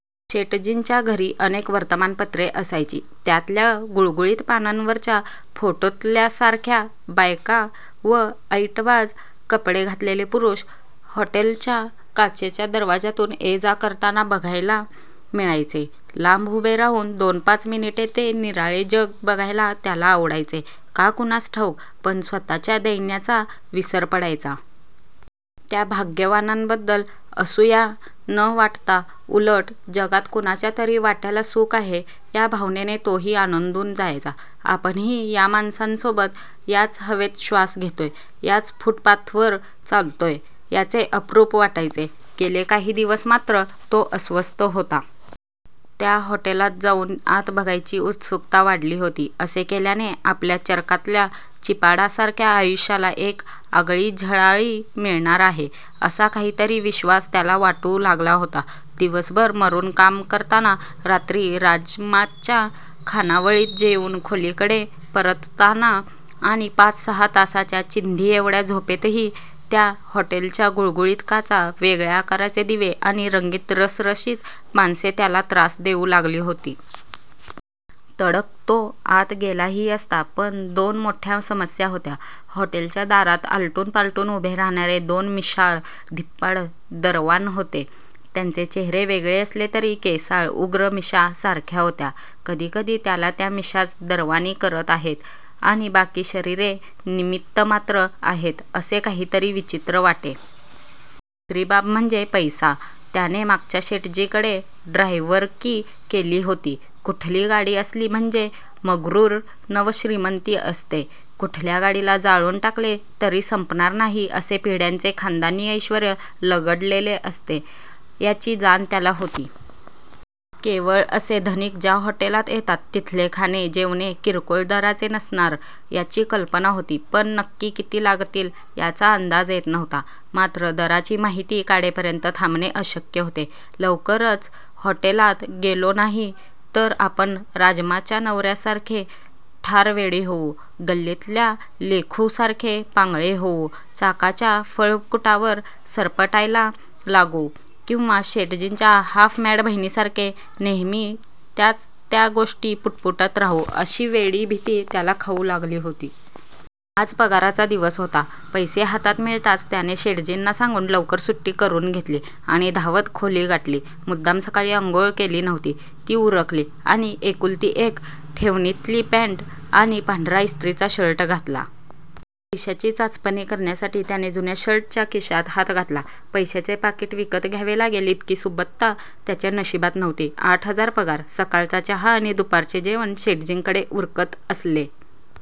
शेटजींच्या घरी अनेक वर्तमानपत्रे असायची त्यातल्या गुळगुळीत पानांवरच्या फोटोतल्यासारख्या बायका व ऐटबाज कपडे घातलेले पुरुष हॉटेलच्या काचेच्या दरवाजातून ये जा करताना बघायला मिळायचे. लांब उभे राहून दोनपाच मिनिटे ते निराळे जग बघायला त्याला आवडायचे, का कुणास ठाऊक पण स्वतःच्या दैन्याचा विसर पडायचा. त्या भाग्यवानांबद्दल असूया न वाटता उलट जगात कुणाच्या तरी वाट्याला सुख आहे या भावनेने तोही आनंदून जायचा. आपणही या माणसांसोबत याच हवेत श्वास घेतोय, याच फूटपाथवर चालतोय याचे अप्रूप वाटायचे. गेले काही दिवस मात्र तो अस्वस्थ होता. त्या हॉटेलात जाऊन आत बघायची उत्सुकता वाढली होती. असे केल्याने आपल्या चरकातल्या चिपाडासारख्या आयुष्याला एक आगळी झळाळी मिळणार आहे, असा काहीतरी विश्वास त्याला वाटू लागला होता. दिवसभर मरून काम करताना, रात्री राजम्माच्या खानावळीत जेवून खोलीकडे परतताना आणि पाच सहा तासाच्या चिंधीएवढ्या झोपेतही त्या हॉटेलच्या गुळगुळीत काचा, वेगळ्या आकाराचे दिवे आणि रंगीत रसरशीत माणसे त्याला त्रास देऊ लागली होती. तडक तो आत गेलाही असता पण दोन मोठ्या समस्या होत्या. हॉटेलच्या दारात आलटून पालटून उभे राहणारे दोन मिशाळ, धिप्पाड दरवान होते. त्यांचे चेहरे वेगळे असले तरी केसाळ उग्र मिशा सारख्या होत्या. कधीकधी त्याला त्या मिशाच दरवानी करत आहेत आणि बाकी शरीरे निमित्तमात्र आहेत असे काहीतरी विचित्र वाटे. दुसरी बाब म्हणजे पैसा. त्याने मागच्या शेटजीकडे ड्रायव्हरकी केली होती. कुठली गाडी असली म्हणजे मग्रूर नवश्रीमंती असते, कुठल्या गाडीला जाळून टाकले तरी संपणार नाही असे पिढ्यांचे खानदानी ऐश्वर्य लगडलेले असते याची जाण त्याला होती. केवळ असे धनिक ज्या हॉटेलात येतात तिथले खाणे जेवणे किरकोळ दराचे नसणार याची कल्पना होती पण नक्की किती लागतील याचा अंदाज येत नव्हता. मात्र दराची माहीती काढेपर्यंत थांबणे अशक्य होते. लवकरच हॉटेलात गेलो नाही तर आपण राजम्माच्या नवऱ्यासारखे ठार वेडे होऊ, गल्लीतल्या लेखूसारखे पांगळे होऊन चाकाच्या फळकुटावर सरपटायला लागू किंवा शेटजींच्या हाफ मॅड बहिणीसारखे नेहमी त्याच त्या गोष्टी पुटपुटत राहू अशी वेडी भीती त्याला खाऊ लागली होती. आज पगाराचा दिवस होता. पैसे हातात मिळताच त्याने शेटजींना सांगून लवकर सुट्टी करून घेतली आणि धावत खोली गाठली. मुद्दाम सकाळी आंघोळ केली नव्हती, ती उरकली आणि एकुलती एक ठेवणीतली पँट आणि पांढरा इस्त्रीचा शर्ट घातला. पैशाची चाचपणी करण्यासाठी त्याने जुन्या शर्टच्या खिशात हात घातला. पैशाचे पाकीट विकत घ्यावे लागेल इतकी सुबत्ता त्याच्या नशिबात नव्हती. आठ हजार पगार. सकाळचा चहा आणि दुपारचे जेवण शेटजींकडे उरकत असले